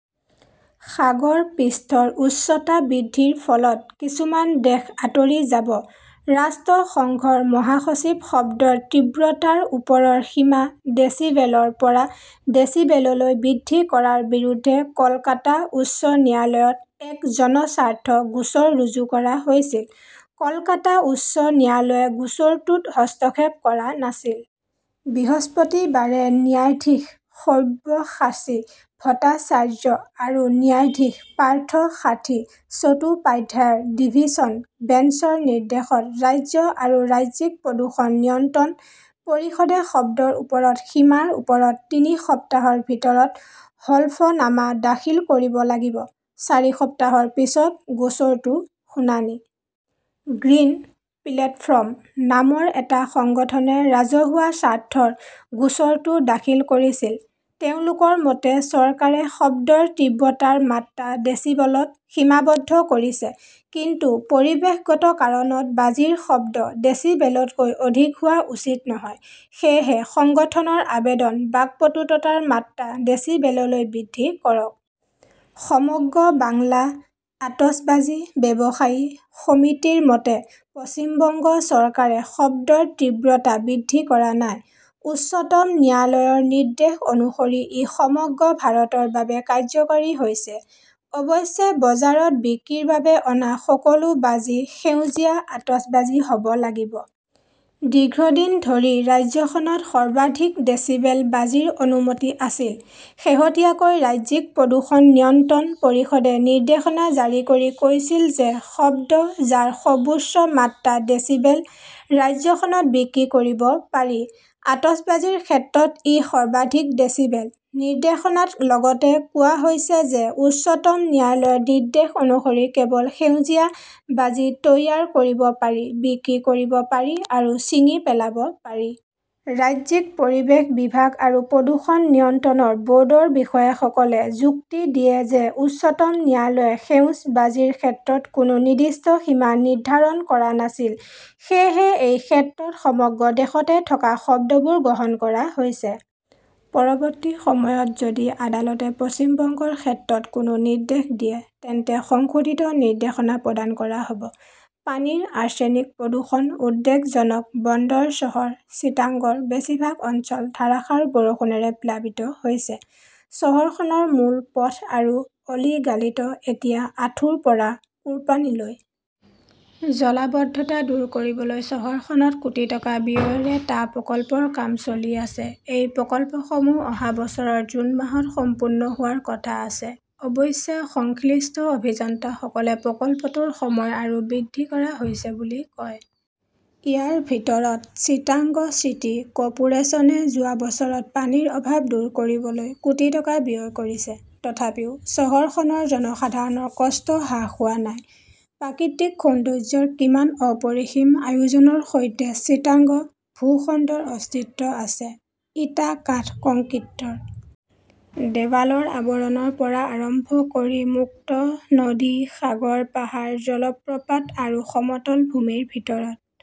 সাগৰ পৃষ্ঠৰ উচ্চতা বৃদ্ধিৰ ফলত কিছুমান দেশ আঁতৰি যাবঃ ৰাষ্ট্ৰসংঘৰ মহাসচিব শব্দৰ তীব্ৰতাৰ ওপৰৰ সীমা ডেছিবেলৰ পৰা ডেছিবেললৈ বৃদ্ধি কৰাৰ বিৰুদ্ধে কলকাতা উচ্চ ন্যায়ালয়ত এক জনস্বাৰ্থ গোচৰ ৰুজু কৰা হৈছিল। কলকাতা উচ্চ ন্যায়ালয়ে গোচৰটোত হস্তক্ষেপ কৰা নাছিল। বৃহস্পতিবাৰে ন্যায়াধীশ সব্যসাচী ভট্টাচাৰ্য আৰু ন্যায়াধীশ পাৰ্থসাৰ্থী চট্টোপাধ্যায়ৰ ডিভিছন বেঞ্চৰ নিৰ্দেশত ৰাজ্য আৰু ৰাজ্যিক প্ৰদূষণ নিয়ন্ত্ৰণ পৰিষদে শব্দৰ ওপৰৰ সীমাৰ ওপৰত তিনি সপ্তাহৰ ভিতৰত হলফনামা দাখিল কৰিব লাগিব। চাৰি সপ্তাহৰ পিছত গোচৰটোৰ শুনানি। 'গ্ৰীণ প্লেটফৰ্ম "নামৰ এটা সংগঠনে ৰাজহুৱা স্বাৰ্থৰ গোচৰটো দাখিল কৰিছিল। তেওঁলোকৰ মতে, চৰকাৰে শব্দৰ তীব্ৰতাৰ মাত্ৰা ডেছিবলত সীমাবদ্ধ কৰিছে। কিন্তু পৰিৱেশগত কাৰণত বাজিৰ শব্দ ডেসিবেলতকৈ অধিক হোৱা উচিত নহয়। সেয়েহে সংগঠনৰ আবেদন, বাকপটুতাৰ মাত্ৰা ডেসিবেললৈ বৃদ্ধি কৰক। সমগ্ৰ বাংলা আতচবাজী ব্যৱসায়ী সমিতিৰ মতে, পশ্চিম বংগ চৰকাৰে শব্দৰ তীব্ৰতা বৃদ্ধি কৰা নাই। উচ্চতম ন্যায়ালয়ৰ নিৰ্দেশ অনুসৰি ই সমগ্ৰ ভাৰতৰ বাবে কাৰ্যকৰী হৈছে। অৱশ্যে, বজাৰত বিক্ৰীৰ বাবে অনা সকলো বাজি সেউজীয়া আতচবাজী হ 'ব লাগিব। দীৰ্ঘদিন ধৰি ৰাজ্যখনত সৰ্বাধিক ডেচিবেল বাজিৰ অনুমতি আছিল। শেহতীয়াকৈ ৰাজ্যিক প্ৰদূষণ নিয়ন্ত্ৰণ পৰিষদে নিৰ্দেশনা জাৰি কৰি কৈছিল যে শব্দ, যাৰ সৰ্বোচ্চ মাত্ৰা ডেছিবেল, ৰাজ্যখনত বিক্ৰী কৰিব পাৰি। আতচবাজীৰ ক্ষেত্ৰত ই সৰ্বাধিক ডেচিবেল। নিৰ্দেশনাত লগতে কোৱা হৈছে যে উচ্চতম ন্যায়ালয়ৰ নিৰ্দেশ অনুসৰি কেৱল সেউজীয়া বাজি তৈয়াৰ কৰিব পাৰি, বিক্ৰী কৰিব পাৰি আৰু ছিঙি পেলাব পাৰি। ৰাজ্যিক পৰিৱেশ বিভাগ আৰু প্ৰদূষণ নিয়ন্ত্ৰণ ব "ৰ্ডৰ বিষয়াসকলে যুক্তি দিয়ে যে উচ্চতম ন্যায়ালয়ে সেউজ বাজিৰ ক্ষেত্ৰত কোনো নিৰ্দিষ্ট সীমা নিৰ্ধাৰণ কৰা নাছিল। সেয়েহে এই ক্ষেত্ৰত সমগ্ৰ দেশতে থকা শব্দবোৰ গ্ৰহণ কৰা হৈছে। পৰৱৰ্তী সময়ত যদি আদালতে পশ্চিম বংগৰ ক্ষেত্ৰত কোনো নিৰ্দেশ দিয়ে, তেন্তে সংশোধিত নিৰ্দেশনা প্ৰদান কৰা হ 'ব। পানীৰ আৰ্ছেনিক প্ৰদূষণ উদ্বেগজনক বন্দৰ চহৰ চিটাগংৰ বেছিভাগ অঞ্চল ধাৰাসাৰ বৰষুণেৰে প্লাবিত হৈছে। চহৰখনৰ মূল পথ আৰু অ 'লিগালিত এতিয়া আঁঠুৰ পৰা কোৰ্পানীলৈ। জলাবদ্ধতা দূৰ কৰিবলৈ চহৰখনত কোটি টকা ব্যয়েৰে টা প্ৰকল্পৰ কাম চলি আছে। এই প্ৰকল্পসমূহ অহা বছৰৰ জুন মাহত সম্পূৰ্ণ হোৱাৰ কথা আছে। অৱশ্যে, সংশ্লিষ্ট অভিযন্তাসকলে প্ৰকল্পটোৰ সময় আৰু বৃদ্ধি কৰা হৈছে বুলি কয়। ইয়াৰ ভিতৰত চিটাগং চিটি কৰ্পোৰেচনে যোৱা বছৰত পানীৰ অভাৱ দূৰ কৰিবলৈ কোটি টকা ব্যয় কৰিছে। তথাপিও চহৰখনৰ জনসাধাৰণৰ কষ্ট হ্ৰাস হোৱা নাই। প্ৰাকৃতিক সৌন্দৰ্য্যৰ কিমান অপৰিসীম আয়োজনৰ সৈতে চিটাগং ভূখণ্ডৰ অস্তিত্ব আছে! ইটা-কাঠ-কংক্ৰিটৰ দেৱালৰ আৱৰণৰ পৰা আৰম্ভ কৰি মুক্ত নদী, সাগৰ, পাহাৰ, জলপ্ৰপাত আৰু সমতল ভূমিৰ ভিতৰত